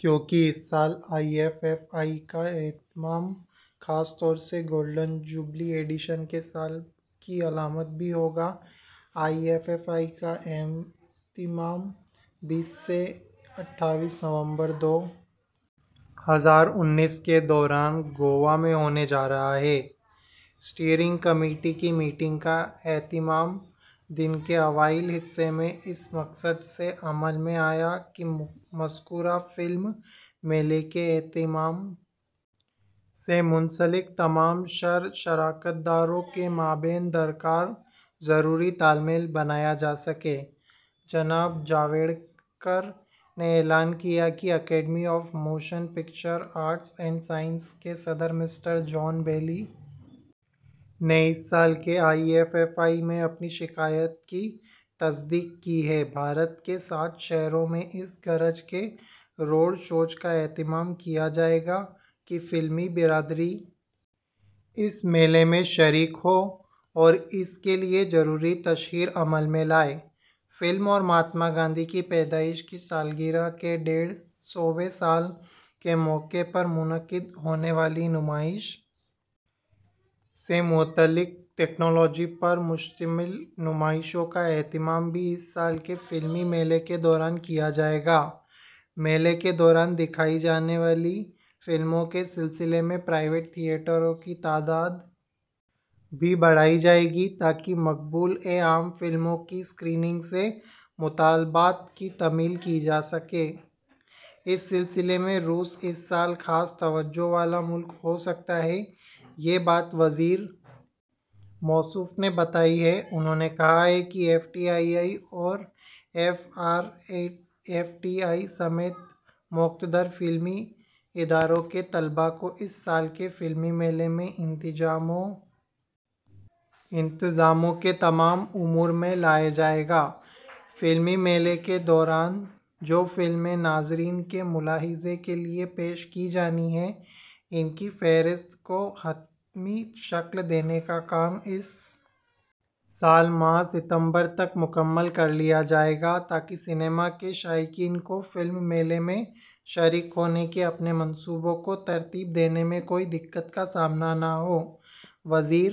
کیونکہ اس سال آئی ایف ایف آئی کا اہتمام خاص طور سے گولڈن جوبلی ایڈیشن کے سال کی علامت بھی ہو گا آئی ایف ایف آئی کا اہتمام بیس سے اٹھائیس نومبر دو ہزار انیس کے دوران گوا میں ہونے جا رہا ہے اسٹیئرنگ کمیٹی کی میٹنگ کا اہتمام دن کے اوائل حصے میں اس مقصد سے عمل میں آیا کہ مذکورہ فلمی میلے کے اہتمام سے منسلک تمام تر شراکت داروں کے مابین درکار ضروری تال میل بنایا جا سکے جناب جاوڈیکر نے اعلان کیا کہ academy of motion picture arts and sciences کے صدر مسٹر جان بیلی نے اس سال کے آئی ایف ایف آئی میں اپنی شرکت کی تصدیق کی ہے بھارت کے سات شہروں میں اس غرض سے روڈ شوز کا اہتمام کیا جائے گا کہ فلمی برادری اس میلے میں شریک ہو اور اس کے لیے ضروری تشہیر عمل میں آئے فلم اور مہاتما گاندھی کی پیدائش کی سالگرہ کے ڈیڑھ سوویں سال کے موقع پر منعقد ہونے والی نمائش سے متعلق تکنالوجیوں پر مشتمل نمائشوں کا اہتمام بھی اس سال کے فلمی میلے کے دوران کیا جائے گا میلے کے دوران دکھائی جانے والی فلموں کے سلسلے میں پرائیویٹ تھیئٹروں کی تعداد بھی بڑھائی جائے گی تاکہ مقبول عام فلموں کی اسکریننگ سے مطالبات کی تکمیل کی جا سکے اس سلسلے میں روس اس سال خاص توجہ والا ملک ہو سکتا ہے یہ بات وزیر موصوف نے بتائی ہے انہوں نے کہا کہ ایف ٹی آئی آئی اور S R F T I سمیت مقتدر فلمی اداروں کے طلبا کو اس سال کے فلمی میلے میں انتظام و انصرام کے تمام امور میں لگایا جائے گا فلمی میلے کے دوران جو فلمیں ناظرین کے ملاحظے کے لیے پیش کی جانی ہیں ان کی فہرست کو حتمی شکل دینے کا کام اس سال ماہ ستمبر تک مکمل کر لیا جائے گا تاکہ سنیما کے شائقین کو فلمی میلے میں شریک ہونے کے اپنے منصوبوں کو ترتیب دینے میں کوئی دقت کا سامنا نہ ہو وزیر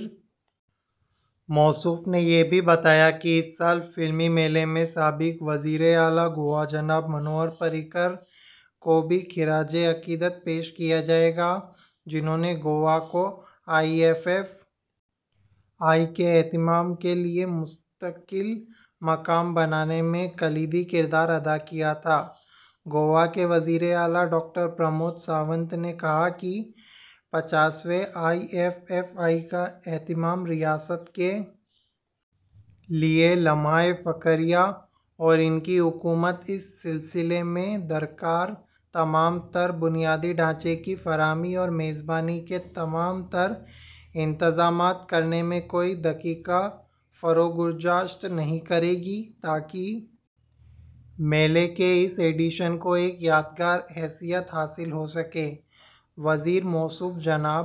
موصوف نے یہ بھی بتایا کہ اس سال فلمی میلے میں سابق وزیر اعلی گوا جناب منوہر پاریکر کو بھی خراج عقیدت پیش کیا جائے گا جنہوں نے گوا کو آئی ایف ایف آئی کے اہتمام کے لیے مستقل مقام بنانے میں کلیدی کردار ادا کیا تھا گوا کے وزیر اعلی ڈاکٹر پرمود ساونت نے کہا کہ پچاسویں آئی ایف ایف آئی کا اہتمام ریاست کے لیے لمحہ فخریہ ہے اور ان کی حکومت اس سلسلے میں درکار تمام تر بنیادی ڈھانچے کی فراہمی اور میزبانی کے تمام تر انتظامات کرنے میں کوئی دقیقہ فروگزاشت نہیں کرے گی تاکہ میلے کے اس ایڈیشن کو ایک یادگار حیثیت حاصل ہو سکے وزیر موصوف جناب